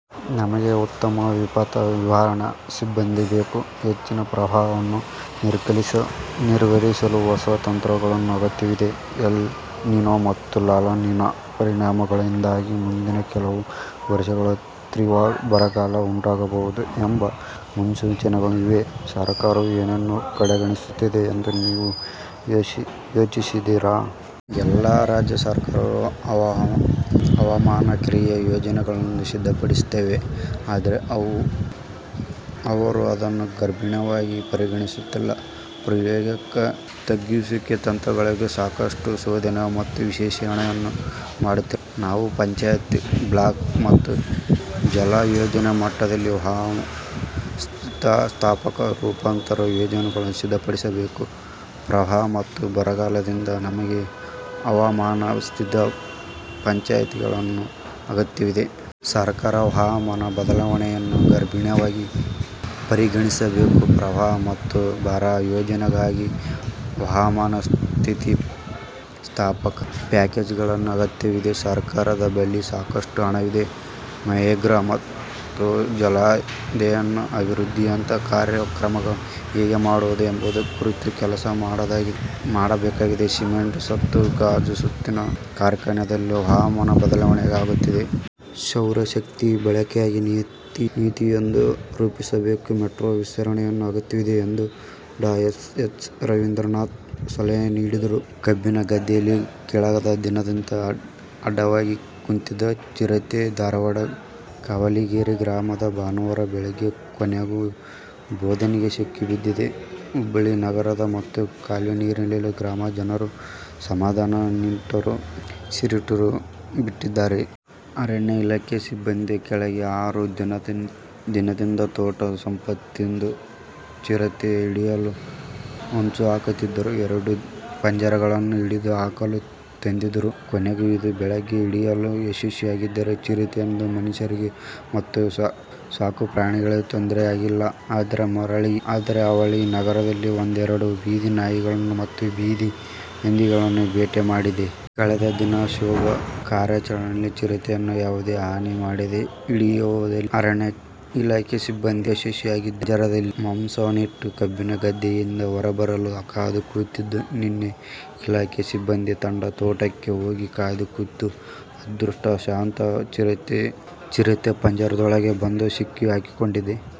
ನಮಗೆ ಉತ್ತಮ ವಿಪತ್ತು ನಿರ್ವಹಣಾ ಸಿಬ್ಬಂದಿ ಬೇಕು. ಹೆಚ್ಚಿದ ಪ್ರವಾಹವನ್ನು ನಿರ್ವಹಿಸಲು ಹೊಸ ತಂತ್ರಗಳು ಅಗತ್ಯವಿದೆ. ಎಲ್ ನಿನೊ ಮತ್ತು ಲಾ ನಿನಾ ಪರಿಣಾಮಗಳಿಂದಾಗಿ ಮುಂದಿನ ಕೆಲವು ವರ್ಷಗಳಲ್ಲಿ ತೀವ್ರ ಬರಗಾಲ ಉಂಟಾಗಬಹುದು ಎಂಬ ಮುನ್ಸೂಚನೆಗಳೂ ಇವೆ. ಸರ್ಕಾರ ಏನನ್ನು ಕಡೆಗಣಿಸುತ್ತಿದೆ ಎಂದು ನೀವು ಯೋಚಿಸುತ್ತೀರಿ? ಎಲ್ಲಾ ರಾಜ್ಯ ಸರ್ಕಾರಗಳು ಹವಾಮಾನ ಕ್ರಿಯಾ ಯೋಜನೆಗಳನ್ನು ಸಿದ್ಧಪಡಿಸುತ್ತಿವೆ, ಆದರೆ ಅವರು ಅದನ್ನು ಗಂಭೀರವಾಗಿ ಪರಿಗಣಿಸುತ್ತಿಲ್ಲ. ಪ್ರಾಯೋಗಿಕ ತಗ್ಗಿಸುವಿಕೆಯ ತಂತ್ರಗಳಿಗಾಗಿ ಸಾಕಷ್ಟು ಸಂಶೋಧನೆ ಮತ್ತು ವಿಶ್ಲೇಷಣೆಯನ್ನು ಮಾಡುತ್ತಿಲ್ಲ. ನಾವು ಪಂಚಾಯತ್, ಬ್ಲಾಕ್ ಮತ್ತು ಜಲಾನಯನ ಮಟ್ಟದಲ್ಲಿ ಹವಾಮಾನ-ಸ್ಥಿತಿಸ್ಥಾಪಕ ರೂಪಾಂತರ ಯೋಜನೆಗಳನ್ನು ಸಿದ್ಧಪಡಿಸಬೇಕು. ಪ್ರವಾಹ ಮತ್ತು ಬರಗಾಲದಿಂದಾಗಿ ನಮಗೆ ಹವಾಮಾನ-ಸ್ಥಿತಿಸ್ಥಾಪಕ ಪಂಚಾಯತ್ಗಳ ಅಗತ್ಯವಿದೆ. ಸರ್ಕಾರ ಹವಾಮಾನ ಬದಲಾವಣೆಯನ್ನು ಗಂಭೀರವಾಗಿ ಪರಿಗಣಿಸಬೇಕು ಪ್ರವಾಹ ಮತ್ತು ಬರ ಯೋಜನೆಗಳಿಗಾಗಿ ಹವಾಮಾನ-ಸ್ಥಿತಿಸ್ಥಾಪಕ ಪ್ಯಾಕೇಜ್ಗಳ ಅಗತ್ಯವಿದೆ. ಸರ್ಕಾರದ ಬಳಿ ಸಾಕಷ್ಟು ಹಣವಿದೆ. ಮನ್ರೇಗಾ ಮತ್ತು ಜಲಾನಯನ ಅಭಿವೃದ್ಧಿಯಂತಹ ಕಾರ್ಯಕ್ರಮಗಳನ್ನು ಹೇಗೆ ಮಾಡುವುದು ಎಂಬುದರ ಕುರಿತು ಕೆಲಸ ಮಾಡಬೇಕಾಗಿದೆ. ಸಿಮೆಂಟ್, ಸತು, ಗಾಜು ಮತ್ತಿತರ ಕಾರ್ಖಾನೆಗಳಿಂದಲೂ ಹವಾಮಾನ ಬದಲಾವಣೆಯಾಗುತ್ತಿದೆ. ಸೌರ ಶಕ್ತಿ ಬಳಕೆಗಾಗಿ ನೀತಿಯೊಂದನ್ನು ರೂಪಿಸಬೇಕು, ಮೆಟ್ರೋ ವಿಸ್ತರಣೆ ಅಗತ್ಯವಿದೆ ಎಂದು ಡಾ. ಎನ್. ಎಚ್. ರವೀಂದ್ರನಾಥ್ ಸಲಹೆ ನೀಡಿದರು. ಕಬ್ಬಿನ ಗದ್ದೆಯಲ್ಲಿ ಕಳೆದ ದಿನಗಳಿಂದ ಅಡಗಿ ಕುಳಿತಿದ್ದ ಚಿರತೆ ಧಾರವಾಡದ ಕಾವಲ್ಗೇರಿ ಗ್ರಾಮದಲ್ಲಿ ಭಾನುವಾರ ಬೆಳಗ್ಗೆ ಕೊನೆಗೂ ಬೋನಿಗೆ ಸಿಕ್ಕಿಬಿದ್ದಿದೆ. ಹುಬ್ಬಳ್ಳಿ ನಗರ ಮತ್ತು ಕಾವಲ್ಗೇರಿ ಗ್ರಾಮದ ಜನರು ಸಮಾಧಾನದ ನಿಟ್ಟುಸಿರು ಬಿಟ್ಟಿದ್ದಾರೆ. ಅರಣ್ಯ ಇಲಾಖೆ ಸಿಬ್ಬಂದಿ ಕಳೆದ ಆರು ದಿನಗಳಿಂದ ತೋಟವನ್ನು ಸುತ್ತುವರಿದು ಚಿರತೆಯನ್ನು ಹಿಡಿಯಲು ಹೊಂಚುಹಾಕುತ್ತಿದ್ದರು. ಎರಡು ಪಂಜರಗಳನ್ನು ಹಿಡಿದು ಹಾಕಲು ತಂದಿದ್ದರು. ಕೊನೆಗೂ ಇಂದು ಬೆಳಗ್ಗೆ ಹಿಡಿಯುವಲ್ಲಿ ಯಶಸ್ವಿಯಾಗಿದ್ದಾರೆ. ಚಿರತೆಯಿಂದ ಮನುಷ್ಯರಿಗೆ ಮತ್ತು ಸಾಕುಪ್ರಾಣಿಗಳಿಗೆ ತೊಂದರೆಯಾಗಿಲ್ಲ, ಆದರೆ ಅವಳಿ ನಗರದಲ್ಲಿ ಒಂದೆರಡು ಬೀದಿನಾಯಿಗಳನ್ನು ಮತ್ತು ಬೀದಿ ಹಂದಿಗಳನ್ನು ಬೇಟೆಯಾಡಿದೆ. ಕಳೆದ ದಿನಗಳ ಶೋಧ ಕಾರ್ಯಾಚರಣೆಯಲ್ಲಿ ಚಿರತೆಯನ್ನು ಯಾವುದೇ ಹಾನಿ ಮಾಡದೆ ಹಿಡಿಯುವಲ್ಲಿ ಅರಣ್ಯ ಇಲಾಖೆ ಸಿಬ್ಬಂದಿ ಯಶಸ್ವಿಯಾಗಿದ್ದಾರೆ. ಪಂಜರದಲ್ಲಿ ಮಾಂಸವನ್ನಿಟ್ಟು ಕಬ್ಬಿನ ಗದ್ದೆಯಿಂದ ಹೊರಬರಲು ಕಾದು ಕುಳಿತಿದ್ದರು. ನಿನ್ನೆ ಇಲಾಖೆಯ ಸಿಬ್ಬಂದಿ ತಂಡ ತೋಟಕ್ಕೆ ಹೋಗಿ ಕಾದು ಕುಳಿತಿತ್ತು. ಅದೃಷ್ಟವಶಾತ್ ಚಿರತೆ ಪಂಜರದೊಳಗೆ ಬಂದು ಸಿಕ್ಕಿಹಾಕಿಕೊಂಡಿದೆ.